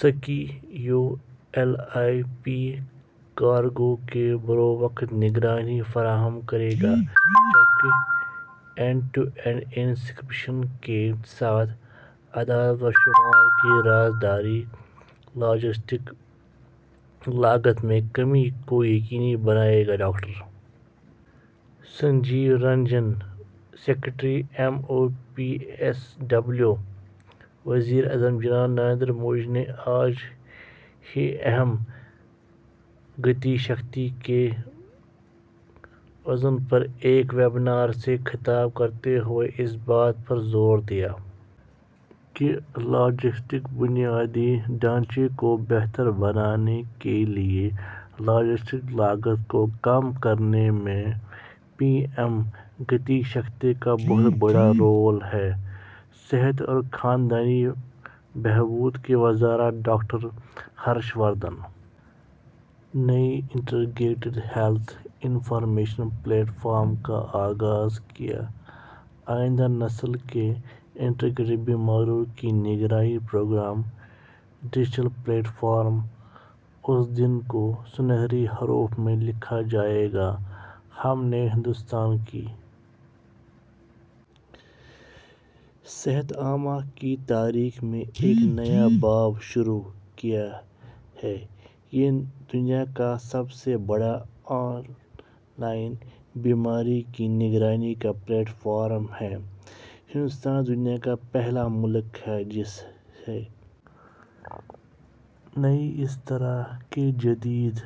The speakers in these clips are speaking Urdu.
سکے U L I P cargo کی بروقت نگرانی فراہم کرے گا جبکہ اینڈ ٹو اینڈ انکرپشن کے ساتھ اعداد و شمار کی رازداری لاجسٹکس لاگت میں کمی کو یقینی بنائے گا doctor Sanjeev Ranjan secretary M O P S W وزیر اعظم جناب نریندر مودی نے آج پی ایم گتی شکتی کے وژن پر ایک ویبنار سے خطاب کرتے ہوئے اس بات پر زور دیا کہ لاجسٹکس بنیادی ڈھانچے کو بہتر بنانے کے لیے لاجسٹک لاگت کو کم کرنے میں پی ایم گتی شکتی کا بہت بڑا رول ہے صحت اور خاندانی بہبود کی وزارت ڈاکٹر ہرش وردھن نے integrated health information platform کا آغاز کیا آئندہ نسل کے انٹیگریٹڈ بیماریوں کی نگرانی پروگرام ڈیجیٹل پلیٹ فارم اس دن کو سنہری حروف میں لکھا جائے گا ہم نے ہندوستان کی صحت عامہ کی تاریخ میں ایک نیا باب شروع کیا ہے یہ دنیا کا سب سے بڑا آن لائن بیماری کی نگرانی کا پلیٹ فارم ہے ہندوستان دنیا کا پہلا ملک ہے جس نے اس طرح کے جدید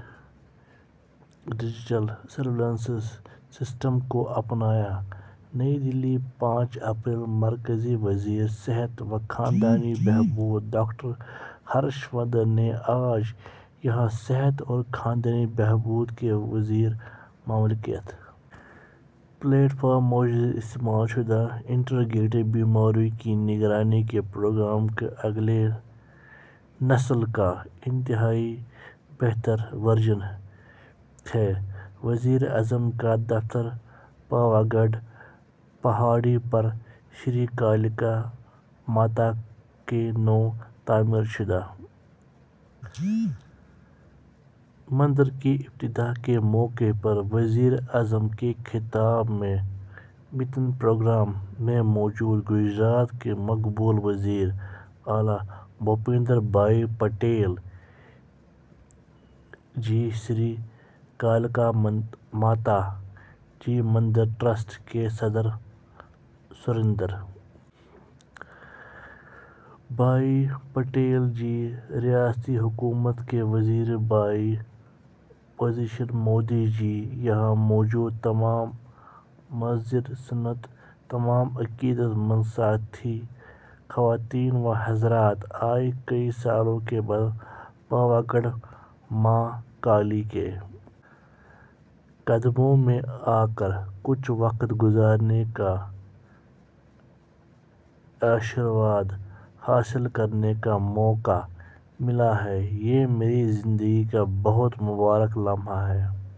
ڈیجیٹل سرویلنس سسٹم کو اپنایا نئی دہلی پانچ اپریل مرکزی وزیر صحت و خاندانی بہبود ڈاکٹر ہرش وردھن نے آج یہاں صحت اور خاندانی بہبود کے وزیر مملکت پلیٹ فارم موجودہ استعمال شدہ انٹیگریٹڈ بیماریوں کی نگرانی کے پروگرام کا اگلی نسل کا انتہائی بہتر ورژن ہے وزیراعظم کا دفتر پاوا گڑھ پہاڑی پر شری کالیکا ماتا کے نو تعمیر شدہ مندر کے افتتاح کے موقع پر وزیر اعظم کے خطاب کا متن پروگرام میں موجود گجرات کے مقبول وزیر اعلیٰ بھوپیندر بھائی پٹیل جی شری کالیکا ماتا جی مندر ٹرسٹ کے صدر سریندر بھائی پٹیل جی ریاستی حکومت کے وزیر بھائی پورنیش مودی جی یہاں موجود تمام معزز سنت تمام عقیدت مند ساتھی خواتین و حضرات آج کئی سالوں کے بعد پاوا گڑھ ماں کالی کے قدموں میں آ کر کچھ وقت گزارنے کا آشیرواد حاصل کرنے کا موقع ملا ہے یہ میری زندگی کا بہت مبارک لمحہ ہے